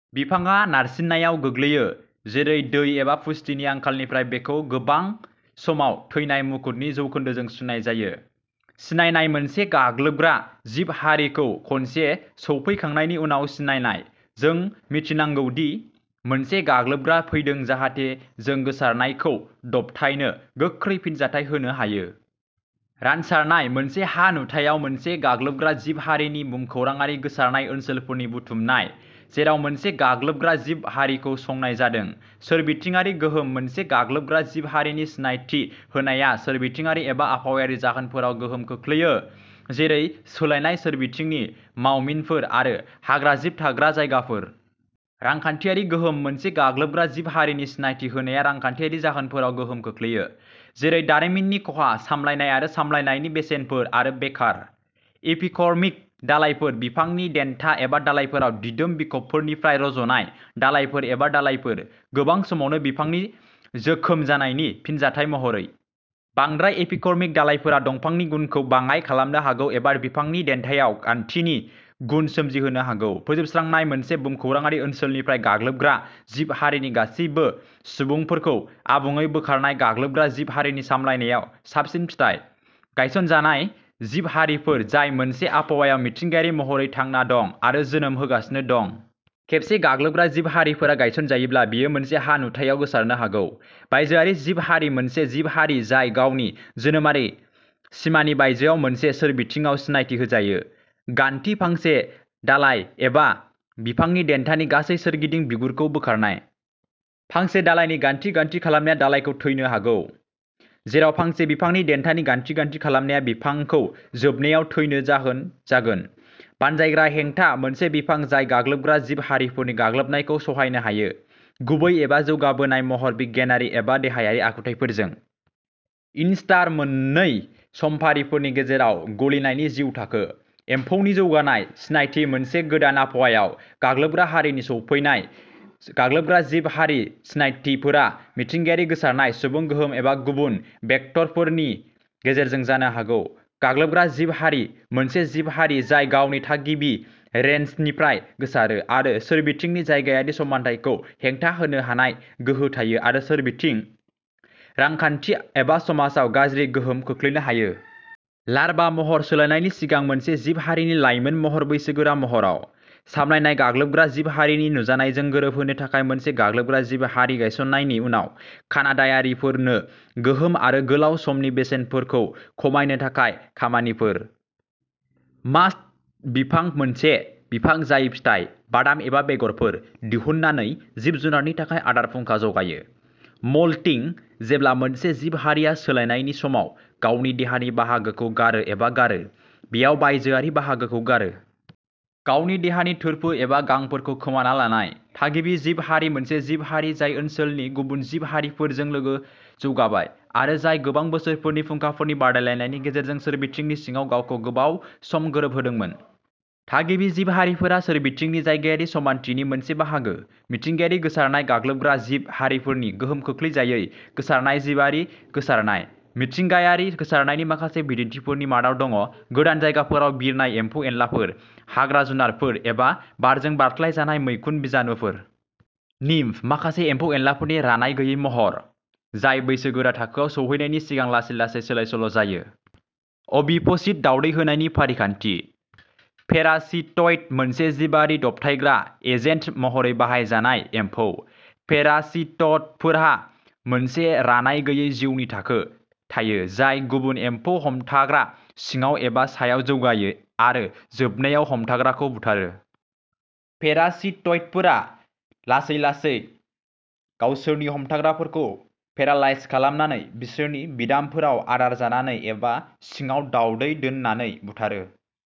बिफाङा नारसिननायाव गोग्लैयो, जेरै दै एबा पुष्टिनि आंखालनिफ्राय बेखौ गोबां समावनो थैनाय मुकुटनि जौखोन्दोजों सुनाय जायो। सिनायनाय मोनसे गाग्लोबग्रा जिब हारिखौ खनसे सौफैखांनायनि उनाव सिनायनाय। जों मिथिनांगौ दि मोनसे गाग्लोबग्रा फैदों जाहाथे जों गोसारनायखौ दबथायनो गोख्रै फिनजाथाय होनो हायो। रानसारनाय मोनसे हा नुथायाव मोनसे गाग्लोबग्रा जिब हारिनि भुमखौराङारि गोसारनाय ओनसोलफोरनि बुथुमनाय जेराव मोनसे गाग्लोबग्रा जिब हारिखौ संनाय जादों। सोरबिथिङारि गोहोम मोनसे गाग्लोबग्रा जिब हारिनि सिनायथि होनाया सोरबिथिङारि एबा आबहावायारि जाहोनफोराव गोहोम खोख्लैयो, जेरै सोलायनाय सोरबिथिंनि मावमिनफोर आरो हाग्राजिब थाग्रा जायगाफोर। रांखान्थियारि गोहोम मोनसे गाग्लोबग्रा जिब हारिनि सिनायथि होनाया रांखान्थियारि जाहोनफोराव गोहोम खोख्लैयो, जेरै दारिमिननि खहा, सामलायनाय आरो सामलायनायनि बेसेनफोर, आरो बेकार। एपिकर्मिक दालायफोर बिफांनि देन्था एबा दालायफोराव दिदोम बिखबफोरनिफ्राय रज'नाय दालाइफोर एबा दालायफोर, गोबां समावनो बिफांनि जोखोम जानायनि फिनजाथाय महरै। बांद्राय एपिकर्मिक दालाइफोरा दंफांनि गुनखौ बाङाइ खालामनो हागौ एबा बिफांनि देन्थायाव गान्थिनि गुन सोमजिहोनो हागौ। फोजोबस्रांनाय मोनसे भुमखौराङारि ओनसोलनिफ्राय गाग्लोबग्रा जिब हारिनि गासिबो सुबुंफोरखौ आबुङै बोखारनाय गाग्लोबग्रा जिब हारि सामलायनायाव साबसिन फिथाय। गायसनजानाय जिब हारिफोर जाय मोनसे आबहावायाव मिथिंगायारि महरै थांना दं आरो जोनोम होगासिनो दं। खेबसे गाग्लोबग्रा जिब हारिफोरा गायसनजायोब्ला, बेयो मोनसे हा नुथायाव गोसारनो हागौ। बायजोआरि जिब हारि मोनसे जिब हारि जाय गावनि जोनोमारि सिमानि बायजोआव मोनसे सोरबिथिंआव सिनायथि होजायो। गान्थि फांसे दालाय एबा बिफांनि देन्थानि गासै सोरगिदिं बिगुरखौ बोखारनाय। फांसे दालायनि गान्थि गान्थि खालामनाया दालाइखौ थैनो हागौ, जेराव फांसे बिफांनि देन्थानि गान्थि गान्थि खालामनाया बिफांखौ जोबनायाव थैनो जाहोन जागोन। बानजायग्रा हेंथा मोनसे बिफां जाय गाग्लोबग्रा जिब हारिफोरनि गाग्लोबनायखौ सहायनो हायो, गुबै एबा जौगाबोनाय महर बिगियानारि एबा देहायारि आखुथायफोरजों। इनस्टार मोननै समफारिफोरनि गेजेराव गलिनायनि जिउ थाखो। एम्फौनि जौगानाय। सिनायथि मोनसे गोदान आबहावायाव गाग्लोबग्रा हारिनि सफैनाय। गाग्लोबग्रा जिब हारि सिनायथिफोरा मिथिंगायारि गोसारनाय, सुबुं गोहोम एबा गुबुन भेक्टरफोरनि गेजेरजों जानो हागौ। गाग्लोबग्रा जिब हारि मोनसे जिब हारि जाय गावनि थागिबि रेन्जनिफ्राय गोसारो, आरो सोरबिथिंनि जायगायारि समानथायखौ हेंथा होनो हानाय गोहो थायो आरो सोरबिथिं, रांखान्थि एबा समाजाव गाज्रि गोहोम खोख्लैनो हायो। लार्भा महर सोलायनायनि सिगां मोनसे जिब हारिनि लायमोन महर बैसोगोरा महराव। सामलायनाय गाग्लोबग्रा जिब हारिनि नुजानायजों गोरोबहोनो थाखाय मोनसे गाग्लोबग्रा जिब हारि गायसनजानायनि उनाव कानाडायारिफोरनो गोहोम आरो गोलाव समनि बेसेनफोरखौ खमायनो थाखाय खामानिफोर। मास्त बिफां मोनसे बिफां जाय फिथाइ, बादाम एबा बेगरफोर दिहुननानै जिब जुनारनि थाखाय आदार फुंखा जगायो। मल्टिं जेब्ला मोनसे जिब हारिआ सोलायनायनि समाव गावनि देहानि बाहागोखौ गारो एबा गारो। बेयाव बायजोआरि बाहागोखौ गारो। गावनि देहानि थोरफो एबा गांफोरखौ खोमाना लानाय। थागिबि जिब हारि मोनसे जिब हारि जाय ओनसोलनि गुबुन जिब हारिफोरजों लोगो जौगाबाय आरो जाय गोबां बोसोरफोरनि फुंखाफोरनि बादायलायनायनि गेजेरजों सोरबिथिंनि सिङाव गावखौ गोबाव सम गोरोबहोदोंमोन। थागिबि जिब हारिफोरा सोरबिथिंनि जायगायारि समानथिनि मोनसे बाहागो। मिथिंगायारि गोसारनाय गाग्लोबग्रा जिब हारिफोरनि गोहोम खोख्लैजायै गोसारनाय जिबारि गोसारनाय। मिथिंगायारि गोसारनायनि माखासे बिदिन्थिफोरनि मादाव दङ गोदान जायगाफोराव बिरनाय एम्फौ एनलाफोर, हाग्रा जुनारफोर एबा बारजों बारस्लायजानाय मैखुन बिजानुफोर। निम्फ माखासे एम्फौ एनलाफोरनि रानाय गैयै महर, जाय बैसोगोरा थाखोआव सौहैनायनि सिगां लासै लासै सोलायसोल'जायो। अभिप'सिट दावदै होनायनि फारिखान्थि। पेरासिटइड मोनसे जिबारि दबथायग्रा एजेन्ट महरै बाहायजानाय एम्फौ। पेरासिटइडफोरहा मोनसे रानाय गैयै जिउनि थाखो थायो जाय गुबुन एम्फौ हमथाग्रा सिङाव एबा सायाव जौगायो आरो जोबनायाव हमथाग्राखौ बुथारो। पेरासिटइडफोरा लासै लासै गावसोरनि हमथाग्राफोरखौ पेरालाइज खालामनानै, बिसोरनि बिदामफोराव आदार जानानै एबा सिङाव दावदै दोननानै बुथारो।